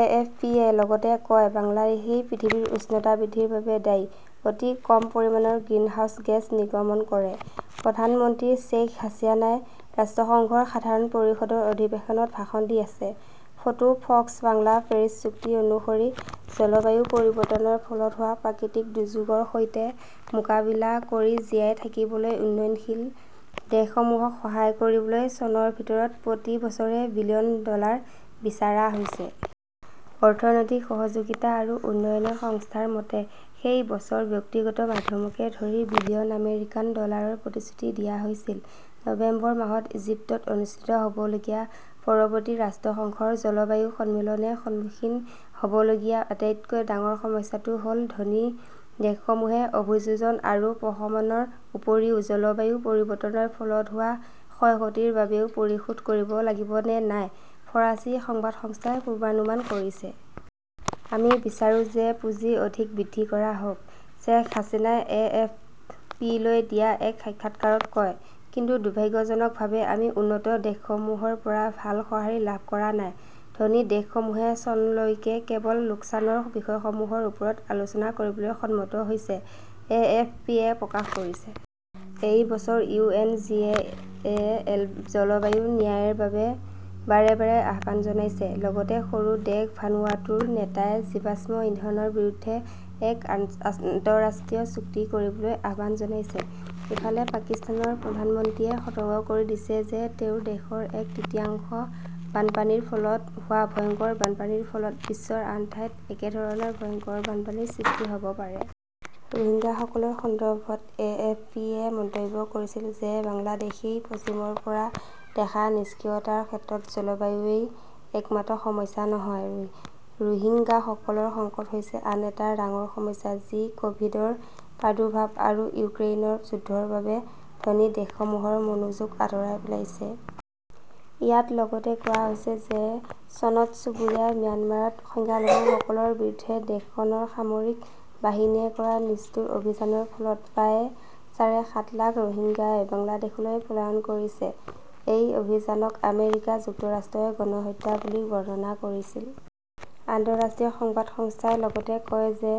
এ. F. P. -য়ে লগতে কয়, "বাংলাদেশই পৃথিৱীৰ উষ্ণতা বৃদ্ধিৰ বাবে দায়ী অতি কম পৰিমাণৰ গ্ৰিনহাউজ গেছ নিৰ্গমন কৰে। " "প্ৰধানমন্ত্ৰী শ্বেইখ হাছিনাই ৰাষ্ট্ৰসংঘৰ সাধাৰণ পৰিষদৰ অধিৱেশনত ভাষণ দি আছে। ফটোঃ ফ 'ক্স বাংলা পেৰিছ চুক্তি অনুসৰি, জলবায়ু পৰিৱৰ্তনৰ ফলত হোৱা প্ৰাকৃতিক দুৰ্যোগৰ সৈতে মোকাবিলা কৰি জীয়াই থাকিবলৈ উন্নয়নশীল দেশসমূহক সহায় কৰিবলৈ চনৰ ভিতৰত প্ৰতি বছৰে বিলিয়ন ডলাৰ বিচাৰা হৈছে। অৰ্থনৈতিক সহযোগিতা আৰু উন্নয়ন সংস্থাৰ মতে, সেই বছৰ ব্যক্তিগত মাধ্যমকে ধৰি বিলিয়ন আমেৰিকান ডলাৰৰ প্ৰতিশ্ৰুতি দিয়া হৈছিল। নৱেম্বৰ মাহত ইজিপ্তত অনুষ্ঠিত হ "বলগীয়া পৰৱৰ্তী ৰাষ্ট্ৰসংঘৰ জলবায়ু সন্মিলনে সন্মুখীন হ" বলগীয়া আটাইতকৈ ডাঙৰ সমস্যাটো হ "ল-ধনী দেশসমূহে অভিযোজন আৰু প্ৰশমনৰ উপৰিও জলবায়ু পৰিৱৰ্তনৰ ফলত হোৱা ক্ষয়-ক্ষতিৰ বাবেও পৰিশোধ কৰিব লাগিব নে নাই, ফৰাচী সংবাদ সংস্থাই পূৰ্বানুমান কৰিছে। "আমি বিচাৰো যে পুঁজি অধিক বৃদ্ধি কৰা হওক", শ্বেখ হাছিনাই এএফপিলৈ দিয়া এক সাক্ষাৎকাৰত কয়। কিন্তু, দুৰ্ভাগ্যজনকভাৱে আমি উন্নত দেশসমূহৰ পৰা ভাল সঁহাৰি লাভ কৰা নাই। "ধনী দেশসমূহে চনলৈকে কেৱল লোকচানৰ বিষয়সমূহৰ ওপৰত আলোচনা কৰিবলৈ সন্মত হৈছে", এএফপিয়ে প্ৰকাশ কৰিছে। এই বছৰ ইউ. এন. জি. এ. -য়ে জলবায়ু ন্যায়ৰ বাবে বাৰে বাৰে আহ্বান জনাইছে। লগতে সৰু দেশ ভানুৱাটুৰ নেতাই জীৱাশ্ম ইন্ধনৰ বিৰুদ্ধে এক আন্তঃৰাষ্ট্ৰীয় চুক্তি কৰিবলৈ আহ্বান জনাইছে। ইফালে, পাকিস্তানৰ প্ৰধানমন্ত্ৰীয়ে সতৰ্ক কৰি দিছে যে তেওঁৰ দেশৰ এক তৃতীয়াংশ বানপানীৰ ফলত হোৱা ভয়ংকৰ বানপানীৰ ফলত বিশ্বৰ আন ঠাইত একেধৰণৰ ভয়ংকৰ বানপানীৰ সৃষ্টি হ "ব পাৰে। ৰোহিংগাসকলৰ সন্দৰ্ভত এ. এফ. পি. -য়ে মন্তব্য কৰিছিল যে বাংলাদেশই পশ্চিমৰ পৰা দেখা নিষ্ক্ৰিয়তাৰ ক্ষেত্ৰত জলবায়ুৱেই একমাত্ৰ সমস্যা নহয়, ৰোহিংগাসকলৰ সংকট হৈছে আন এটা ডাঙৰ সমস্যা যি ক "ভিড- ৰ প্ৰাদুৰ্ভাৱ আৰু ইউক্ৰেইনৰ যুদ্ধৰ বাবে ধনী দেশসমূহৰ মনোযোগ আঁতৰাই পেলাইছে। ইয়াত লগতে কোৱা হৈছে যে চনত চুবুৰীয়া ম্যানমাৰত সংখ্যালঘুসকলৰ বিৰুদ্ধে দেশখনৰ সামৰিক বাহিনীয়ে কৰা নিষ্ঠুৰ অভিযানৰ ফলত প্ৰায় সাঢ়ে সাত লাখ ৰোহিংগাই বাংলাদেশলৈ পলায়ন কৰিছে। এই অভিযানক আমেৰিকা যুক্তৰাষ্ট্ৰই গণহত্যা বুলি বৰ্ণনা কৰিছিল। আন্তঃৰাষ্ট্ৰীয় সংবাদ সংস্থাই লগতে কয় যে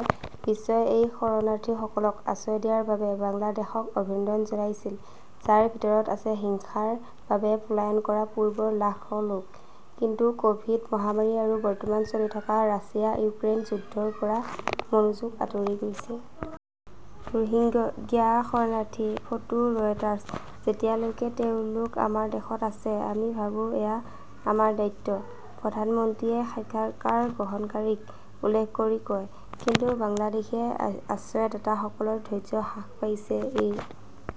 বিশ্বই এই শৰণাৰ্থীসকলক আশ্ৰয় দিয়াৰ বাবে বাংলাদেশক অভিনন্দন জনাইছিল, যাৰ ভিতৰত আছে হিংসাৰ বাবে পলায়ন কৰা পূৰ্বৰ লাখ লোক। কিন্তু ক "ভিড- মহামাৰী আৰু বৰ্তমান চলি থকা ৰাছিয়া-ইউক্ৰেইন যুদ্ধৰ পৰা মনোযোগ আঁতৰি গৈছে। ৰোহিংগ্যা শৰণাৰ্থী। Photo Reuters. "যেতিয়ালৈকে তেওঁলোক আমাৰ দেশত আছে, আমি ভাবো, এয়া আমাৰ দায়িত্ব", প্ৰধানমন্ত্ৰীয়ে সাক্ষাৎকাৰ গ্ৰহণকাৰীক উল্লেখ কৰি কয়, কিন্তু বাংলাদেশী আশ্ৰয়দাতাসকলৰ ধৈৰ্য্য হ্ৰাস পাইছে। এ.